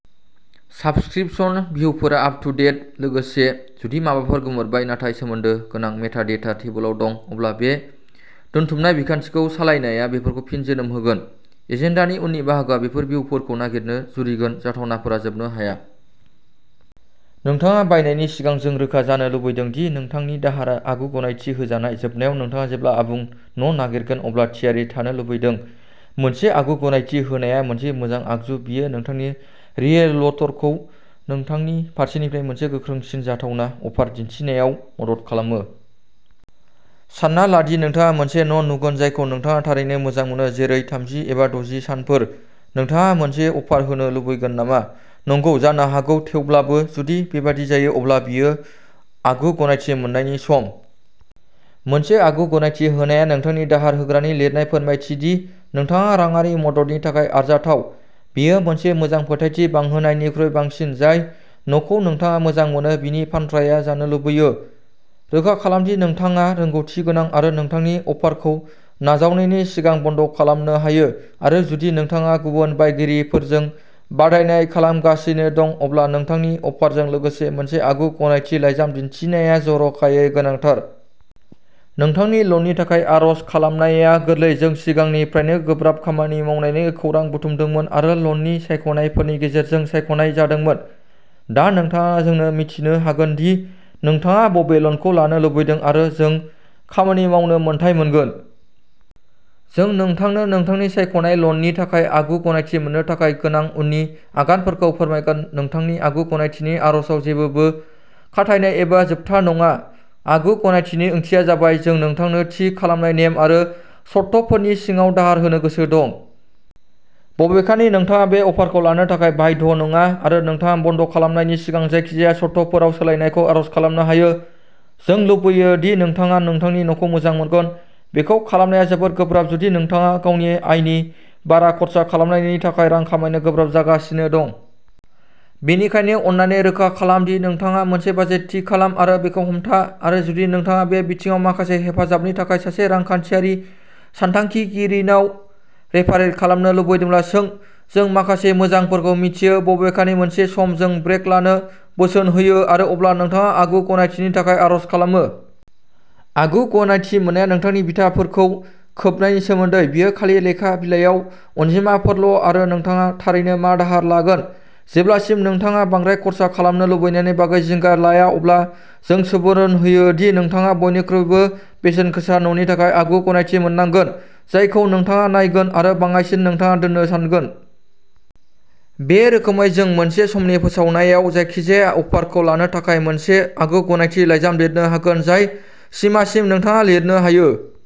Subscription भिउफोरा up to date. लोगोसे जुदि माबाफोर गोमोरबाय नाथाय सोमोन्दो गोनां मेटा डेटा टेबोलाव दं। अब्ला बे दोनथुमनाय बिखान्थिखौ सालायनाया बेफोरखौ फिन जोनोम होगोन। एजेन्डानि उननि बाहागोआ बेफोर भिउफोरखौ नागिरनो जुरिगोन जाथावनाफोरा जोबनो हाया। नोंथाङा बायनायनि सिगां, जों रोखा जानो लुबैदों दि नोंथांनि दाहारआ आगु गनायथि होजानाय। जोबनायाव, नोंथाङा जेब्ला आबुं न'नागिरगोन अब्ला थियारि थानो लुबैदों। मोनसे आगु-गनायथि होनाया मोनसे मोजां आगजु बेयो नोंथांनि रियेलट'रखौ नोंथांनि फारसेनिफ्राय मोनसे गोख्रोंसिन जाथावना अफार दिनथिनायाव मदद खालामो। सानना ला दि नोंथाङा मोनसे न' नुगोन जायखौ नोंथाङा थारैनो मोजां मोनो, जेरै, थामजि एबा द'जि सानफोर। नोंथाङा मोनसे अफार होनो लुबैगोन नामा? नंगौ? जानो हागौ, थेवब्लाबो? जुदि बेबादि जायो, अब्ला बेयो आगु गनायथि मोननायनि सम। मोनसे आगु गनायथि होनाया नोंथांनि दाहार होग्रानि लिरनाय फोरमायथि दि नोंथाङा राङारि मददनि थाखाय आरजाथाव। बेयो मोनसे मोजां फोथायथि बांहोनायनिख्रुइ बांसिन। जाय न'खौ नोंथाङा मोजां मोनो, बिनि फानग्राया जानो लुबैयो। रोखा खालाम दि नोंथाङा रोंग'थि गोनां आरो नोंथांनि अफारखौ नाजावनायनि सिगां बन्द' खालामनो हायो आरो जुदि नोंथाङा गुबुन बायगिरिफोरजों बादायनाय खालामगासिनो दं, अब्ला नोंथांनि अफारजों लोगोसे मोनसे आगु गनायथि लाइजाम दिन्थिनाया जर'खायै गोनांथार। नोंथांनि लननि थाखाय आर'ज खालामनाया गोरलै। जों सिगांनिफ्रायनो गोब्राब खामानि मावनायनि खौरां बुथुमदोंमोन आरो ल'ननि सायख'नायफोरनि गेजेरजों सायख'नाय जादोंमोन। दा नोंथाङा जोंनो मिथिनो हागोन दि नोंथाङा बबे ल'नखौ लानो लुबैदों आरो जों खामानि मावनो मोन्थाइ मोनगोन। जों नोंथांनो नोंथांनि सायख'नाय ल'ननि थाखाय आगु गनायथि मोननो थाखाय गोनां उननि आगानफोरखौ फोरमायगोन। नोंथांनि आगु गनायथिनि आर'जआव जेबोबो खाथायनाय एबा जोबथा नङा। आगु गनायथिनि ओंथिया जाबाय जों नोंथांनो थि खालामनाय नेम आरो सर्तफोरनि सिङाव दाहार होनो गोसो दं। बबेखानि, नोंथाङा बे अफारखौ लानो थाखाय बाध्य नङा आरो नोंथाङा बन्द' खालामनायनि सिगां जायखिजाया सर्तफोराव सोलायनायखौ आर'ज खालामनो हायो। जों लुबैयो दि नोंथाङा नोंथांनि न'खौ मोजां मोननांगोन। बेखौ खालामनाया जोबोद गोब्राब जुदि नोंथाङा गावनि आयनि बारा खर्सा खालामनायनि थाखाय रां खामायनो गोब्राब जागासिनो दं। बेनिखायनो, अन्नानै, रोखा खालाम दि नोंथाङा मोनसे बाजेट थि खालाम आरो बेखौ हमथा आरो जुदि नोंथाङा बे बिथिङाव माखासे हेफाजाबनि थाखाय सासे रांखान्थियारि सानथांखिगिरिनाव रेफारेल खालामनो लुबैदोंब्ला, सों। जों माखासे मोजांफोरखौ मिथियो। बबेखानि, मोनसे सम जों ब्रेक लानो बोसोन होयो आरो अब्ला नोंथाङा आगु गनायथिनि थाखाय आर'ज खालामो। आगु गनायथि मोननाया नोंथांनि बिथाफोरखौ खोबनायनि सोमोन्दै। बेयो खालि लेखा बिलायाव अनजिमाफोरल' आरो नोंथाङा थारैनो मा दाहार लागोन। जेब्लासिम नोंथाङा बांद्राय खर्सा खालामनो लुबैनायनि बागै जिंगा लाया, अब्ला जों सुबुरुन होयो दि नोंथाङा बयनिख्रुइबो बेसेनगोसा न'नि थाखाय आगु गनायथि मोननांगोन जायखौ नोंथाङा नायगोन आरो बाङाइसिन नोंथाङा दोन्नो सानगोन। बे रोखोमै, जों मोनसे समनि फोसावनायाव, जायखिजाया अफारखौ लानो थाखाय मोनसे आगु गनायथि लाइजाम लिरनो हागोन, जाय सिमासिम नोंथाङा लिरनो हायो।